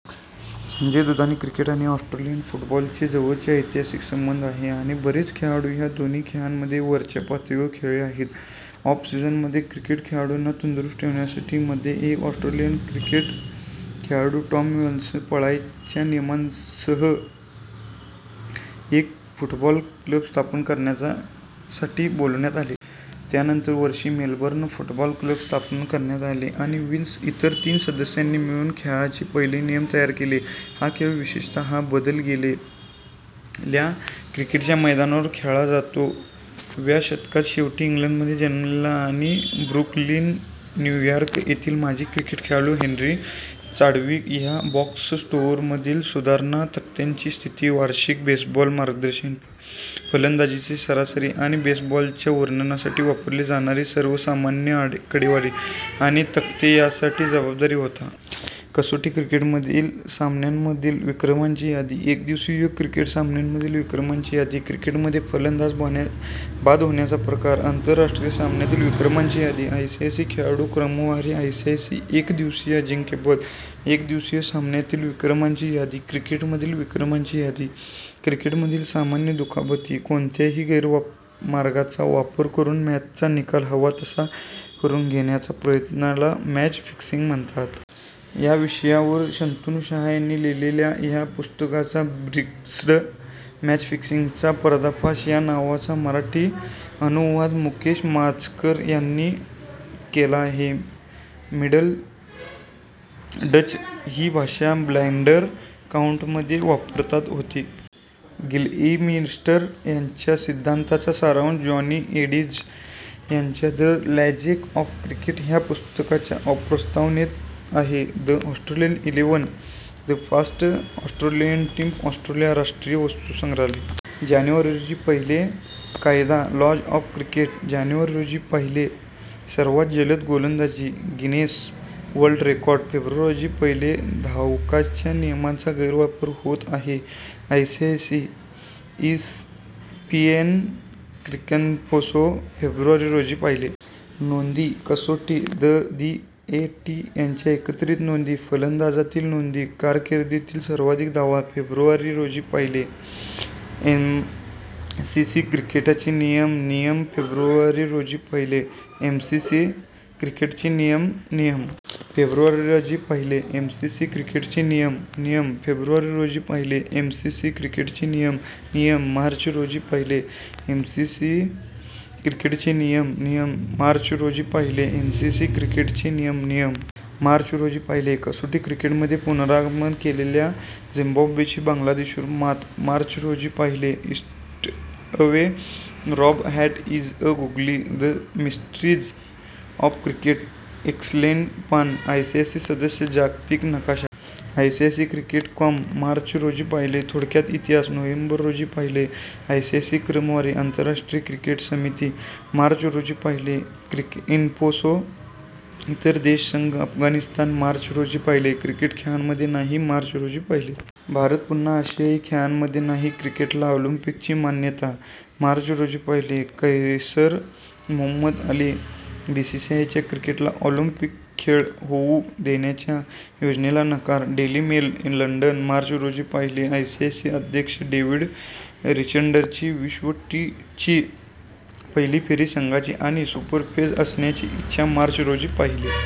Sanjay Dudhane cricket आणि Australian फुटबॉलचे जवळचे ऐतिहासिक संबंध आहेत आणि बरेच खेळाडू ह्या दोन्ही खेळांमध्ये वरच्या पातळीवर खेळलेले आहेत. ऑफ सीझनमध्ये क्रिकेट खेळाडूंना तंदुरुस्त ठेवण्यासाठी, मध्ये, एक प्रमुख ऑस्ट्रेलियन क्रिकेट खेळाडू टॉम विल्सला "पाळावयाच्या नियमांसह" एक "फुट-बॉल क्लब" स्थापन करण्यासाठी बोलावण्यात आले. त्यानंतरच्या वर्षी मेलबर्न फुटबॉल क्लब स्थापन करण्यात आला, आणि विल्स व इतर तीन सदस्यांनी मिळून खेळाचे पहिले नियम तयार केले. हा खेळ विशेषतः बदल केले गेलेल्या क्रिकेटच्या मैदानांवर खेळला जातो. व्या शतकाच्या शेवटी इंग्लंडमध्ये जन्मलेला आणि ब्रुकलीन, न्यू यॉर्क येथील माजी क्रिकेट खेळाडू हेनरी चाडविक हा "बॉक्स स्कोअरमधील सुधारणा, तक्त्याची स्थिती, वार्षिक बेसबॉल मार्गदर्शक, फलंदाजीची सरासरी, आणि बेसबॉलच्या वर्णनासाठी वापरले जाणारी सर्वसामान्य आकडेवारी आणि तक्ते" ह्यासाठी जबाबदार होता. कसोटी क्रिकेट सामन्यांमधील विक्रमांची यादी एकदिवसीय क्रिकेट सामन्यांमधील विक्रमांची यादी क्रिकेटमध्ये फलंदाज बाद होण्याचे प्रकार आंतरराष्ट्रीय - सामन्यातील विक्रमांची यादी आयसीसी खेळाडू क्रमवारी आयसीसी एकदिवसीय अजिंक्यपद एकदिवसीय सामन्यातील विक्रमांची यादी क्रिकेटमधील विक्रमांची यादी क्रिकेटमधील सामान्य दुखापती कोणत्याही गैरमार्गाचा वापर करून मॅचचा निकाल हवा तसा करून घेण्याच्या प्रयत्नाला मॅच फिक्सिंग म्हणतात. या विषयावर शंतनु गुहा यांनी लिहिलेल्या '!:' या पुस्तकाचा 'फिक्स्ड: मॅच फिक्सिंगचा पर्दाफाश' या नावाचा मराठी अनुवाद मुकेश माचकर यांनी केला आहे. ^ मिडल डच ही भाषा फ्लॅंडर कांऊटीमध्ये वापरात होती. ^ गिलमेइस्टर यांच्या सिद्धान्ताचा सारांश जॉनी एडोज यांच्या द लॅंग्वेज ऑफ क्रिकेट ह्या पुस्तकाच्या प्रस्तावनेत आहे., ---.^ the Australian eleven: the first Australian team, Australia राष्ट्रीय वस्तुसंग्रहालय. जानेवारी रोजी पाहिले. ^ "कायदा ". Laws of cricket. जानेवारी रोजी पाहिले. ^ "सर्वात जलद गोलंदाजी". Guinness world records. फेब्रुवारी रोजी पाहिले. ^ "धावकाच्या नियमाचा गैरवापर होत आहे, आयसीसी". ESPN Cricinfo. फेब्रुवारी रोजी पाहिले. ^ "नोंदी / कसोटी, ए. दि. व टी यांच्या एकत्रित नोंदी / फलंदाजीतील नोंदी; कारकीर्दीतील सर्वाधिक धावा". फेब्रुवारी रोजी पाहिले. ^ एमसीसी – क्रिकेटचे नियम: नियम. फेब्रुवारी रोजी पाहिले. ^ एमसीसी – क्रिकेटचे नियम: नियम. फेब्रुवारी रोजी पाहिले. ^ एमसीसी – क्रिकेटचे नियम: नियम. फेब्रुवारी रोजी पाहिले. ^ एमसीसी – क्रिकेटचे नियम: नियम. मार्च रोजी पाहिले. ^ एमसीसी – क्रिकेटचे नियम: नियम. मार्च रोजी पाहिले. ^ एमसीसी – क्रिकेटचे नियम: नियम. मार्च रोजी पाहिले. ^ "कसोटी क्रिकेटमध्ये पुनरागमन केल्यानंतर झिम्बाब्वेची बांगलादेशवर मात". मार्च रोजी पाहिले. ^ Eastaway, Rob, what is a googly?: the mysteries of cricket explained, पान.. ^ "आयसीसी सदस्य, जागतिक नकाशा". आयसीसी-क्रिकेट. कॉम. मार्च रोजी पाहिले.. ^ "थोडक्यात इतिहास... ". नोव्हेंबर रोजी पाहिले. ^ "आयसीसी क्रमवारी". आंतरराष्ट्रीय क्रिकेट समिती. मार्च रोजी पाहिले. ^ "क्रिकइन्फो-इतर देश-संघ-अफगाणिस्तान". मार्च रोजी पाहिले. ^ "क्रिकेट खेळांमध्ये नाही". मार्च रोजी पाहिले. ^ "भारत पुन्हा आशियाई खेळांमध्ये नाही". ^ "क्रिकेटला ऑलिंपिकची मान्यता". मार्च रोजी पाहिले. ^ कैसर मोहम्मद अली. "बीसीसीआयचा क्रिकेटला ऑलिंपिक खेळ होऊ देण्याच्या योजनेला नकार". Daily Mail. लंडन. मार्च रोजी पाहिले. ^ "आयसीसी अध्यक्ष डेव्हिड रिचर्डसनची विश्व टी ची पहिली फेरी संघांची आणि सुपर फेज असण्याची इच्छा". मार्च रोजी पाहिले.